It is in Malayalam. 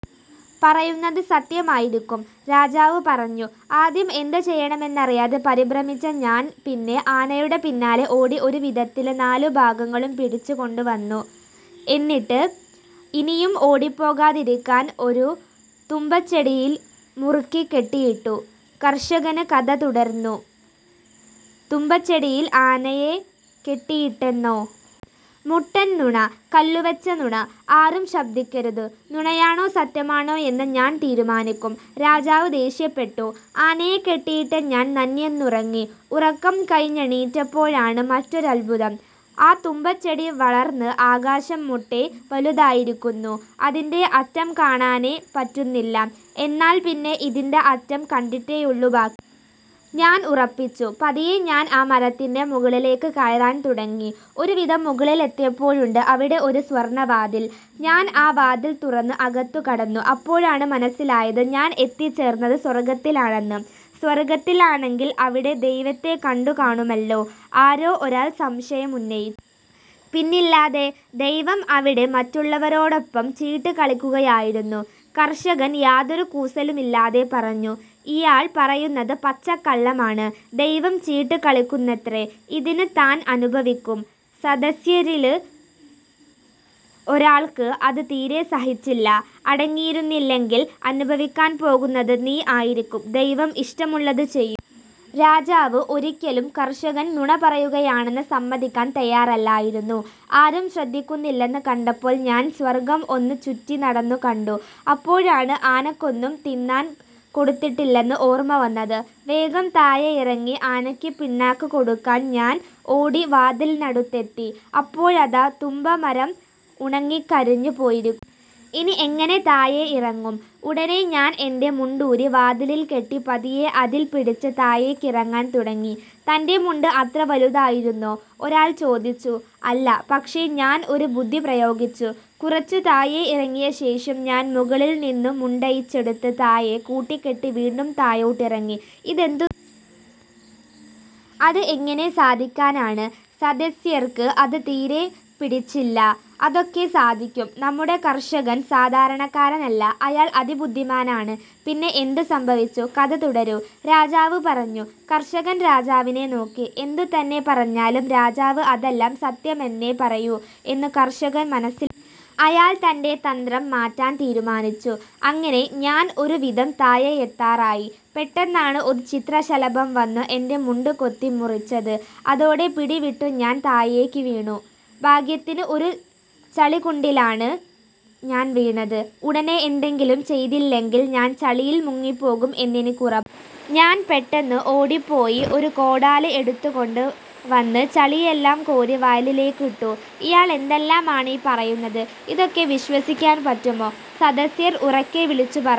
പറയുന്നത് സത്യമായിരിക്കും. " രാജാവ് പറഞ്ഞു. "ആദ്യം എന്തു ചെയ്യണമെന്നറിയാതെ പരിഭ്രമിച്ച ഞാന് പിന്നെ ആനയുടെ പിന്നാലേ ഓടി ഒരു വിധത്തില് നാലു ഭാഗങ്ങളും പിടിച്ച് കൊണ്ട് വന്നു. എന്നിട്ട് ഇനിയും ഓടിപ്പോകാതിരിക്കാന് ഒരു തുമ്പച്ചെടിയില് മുറുക്കി കെട്ടിയിട്ടു. " കര്ഷകന് കഥ തുടര്ന്നു. "തുമ്പച്ചെടിയില് ആനയെ കെട്ടിയിട്ടെന്നോ. മുട്ടന് നുണ! " "കല്ലുവെച്ച നുണ! " "ആരും ശബ്ദിക്കരുത്! നുണയാണോ സത്യമാണോയെന്ന് ഞാന് തീരുമാനിക്കും" രാജാവ് ദേഷ്യപ്പെട്ടു. "ആനയെ കെട്ടിയിട്ട ഞാന് നന്യൊന്നുറങ്ങി. ഉറക്കം കഴിഞ്ഞെണീറ്റപ്പോഴാണ് മറ്റൊരാത്ഭുതം. ആ തുമ്പച്ചെടി വളര്ന്ന് ആകാശം മുട്ടെ വലുതായിരിക്കുന്നു. അതിന്റെ അറ്റം കാണാനെ പറ്റുന്നില്ല. എന്നാല് പിന്നെ ഇതിന്റെ അറ്റം കണ്ടിട്ടേയുള്ളൂ ബാക്കി. ഞാന് ഉറപ്പിച്ചു. പതിയെ ഞാന് ആ മരത്തിന്റെ മുകളിലേക്ക് കയറാന് തുടങ്ങി. ഒരു വിധം മുകളിലെത്തിയപ്പോഴുണ്ട് അവിടെ ഒരു സ്വര്ണ്ണവാതില്. ഞാന് ആ വാതില് തുറന്നു അകത്തു കടന്നു. അപ്പോഴാണ് മനസ്സിലായത്, ഞാന് എത്തിച്ചേര്ന്നത് സ്വര്ഗത്തിലാണെന്ന്! " "സ്വര്ഗത്തിലാണെങ്കില് അവിടെ ദൈവത്തെ കണ്ടുകാണുമല്ലോ? " ആരോ ഒരാള് സംശയമുന്നയിച്ചു. "പിന്നില്ലാതെ. ദൈവം അവിടെ മറ്റുള്ളവരോടൊപ്പം ചീട്ട് കളിക്കുകയായിരുന്നു. " കര്ഷകന് യാതൊരു കൂസലുമില്ലാതെ പറഞ്ഞു. "ഇയാള് പറയുന്നത് പച്ചക്കള്ളമാണ്. ദൈവം ചീട്ട് കളിക്കുന്നത്രേ! ഇതിന് താന് അനുഭവിക്കും" സദസ്യരില് ഒരാള്ക്ക് അത് തീരെ സഹിച്ചില്ല. "അടങ്ങിയിരുന്നില്ലെങ്കില് അനുഭവിക്കാന് പോകുന്നത് നീ ആയിരിക്കും. ദൈവം ഇഷ്ടമുള്ളത് ചെയ്യും. " രാജാവ് ഒരിയ്ക്കലും കര്ഷകന് നുണ പറയുകയാണെന്ന് സമ്മതിക്കാന് തയ്യാറല്ലായിരുന്നു. "ആരും ശ്രദ്ധിക്കുന്നില്ലെന്ന് കണ്ടപ്പോള് ഞാന് സ്വര്ഗം ഒന്നു ചുറ്റി നടന്നു കണ്ടു. അപ്പോഴാണ് ആനക്കൊന്നും തിന്നാന് കൊടുത്തിട്ടില്ലെന്ന് ഓര്മ്മ വന്നത്. വേഗം താഴെ ഇറങ്ങി ആനയ്ക്ക് പിണ്ണാക്ക് കൊടുക്കാന് ഞാന് ഓടി വാതിലിനടുത്തെത്തി. അപ്പോഴതാ തുമ്പ മരം ഉണങ്ങിക്കരിഞ്ഞു പോയിരിക്കുന്നു. ഇനി എങ്ങനെ താഴെ ഇറങ്ങും? " "ഉടനെ ഞാന് എന്റെ മുണ്ടൂരി വാതിലില് കെട്ടി പതിയെ അതില് പിടിച്ച് താഴെക്കിറങ്ങാന് തുടങ്ങി" "തന്റെ മുണ്ട് അത്ര വലുതായിരുന്നോ? " ഒരാള് ചോദിച്ചു "അല്ല, പക്ഷേ ഞാന് ഒരു ബുദ്ധി പ്രയോഗിച്ചു. കുറച്ചു താഴെ ഇറങ്ങിയ ശേഷം ഞാന് മുകളില് നിന്നും മുണ്ടഴിച്ചെടുത്ത് താഴെ കൂട്ടികെട്ടി വീണ്ടും താഴോട്ടിറങ്ങി" "ഇതെന്ത് നുണ. അത് എങ്ങിനെ സാധിക്കാനാണ്? " സദസ്യര്ക്ക് അത് തീരെ പിടിച്ചില്ല "അതൊക്കെ സാധിയ്ക്കും. നമ്മുടെ കര്ഷകന് സാധാരണക്കാരനല്ല. അയാള് അതിബുദ്ധിമാനാണ്. പിന്നെ എന്തു സംഭവിച്ചു. കഥ തുടരൂ. " രാജാവ് പറഞ്ഞു. കര്ഷകന് രാജാവിനെ നോക്കി. എന്തു തന്നെ പറഞ്ഞാലും രാജാവ് അതെല്ലാം സത്യമെന്നേ പറയൂ എന്നു കര്ഷകന് മനസ്സിലാക്കി. അയാള് തന്റെ തന്ത്രം മാറ്റാന് തീരുമാനിച്ചു. "അങ്ങിനെ ഞാന് ഒരു വിധം താഴെയെത്താറായി. പെട്ടെന്നാണ് ഒരു ചിത്രശലഭം വന്നു എന്റെ മുണ്ട് കൊത്തി മുറിച്ചത്. അതോടെ പിടി വിട്ടു ഞാന് താഴേയ്ക്ക് വീണു. ഭാഗ്യത്തിന് ഒരു ചളിക്കുണ്ടിലാണ് ഞാന് വീണത്. ഉടനെ എന്തെങ്കിലും ചെയ്തില്ലെങ്കില് ഞാന് ചളിയില് മുങ്ങിപ്പോകും എന്നെനിക്കുറപ്പായി. ഞാന് പെട്ടെന്നു ഓടിപ്പോയി ഒരു കോടാലി എടുത്ത്കൊണ്ട് വന്ന് ചളിയെല്ലാം കോരി വയലിലേക്കിട്ടു" "ഇയാളെന്തെല്ലാമാണ് ഈ പറയുന്നത്? ഇതൊക്കെ വിശ്വസിക്കാന് പറ്റുമോ? " സദസ്യര് ഉറക്കെ വിളിച്ചു പറഞ്ഞു.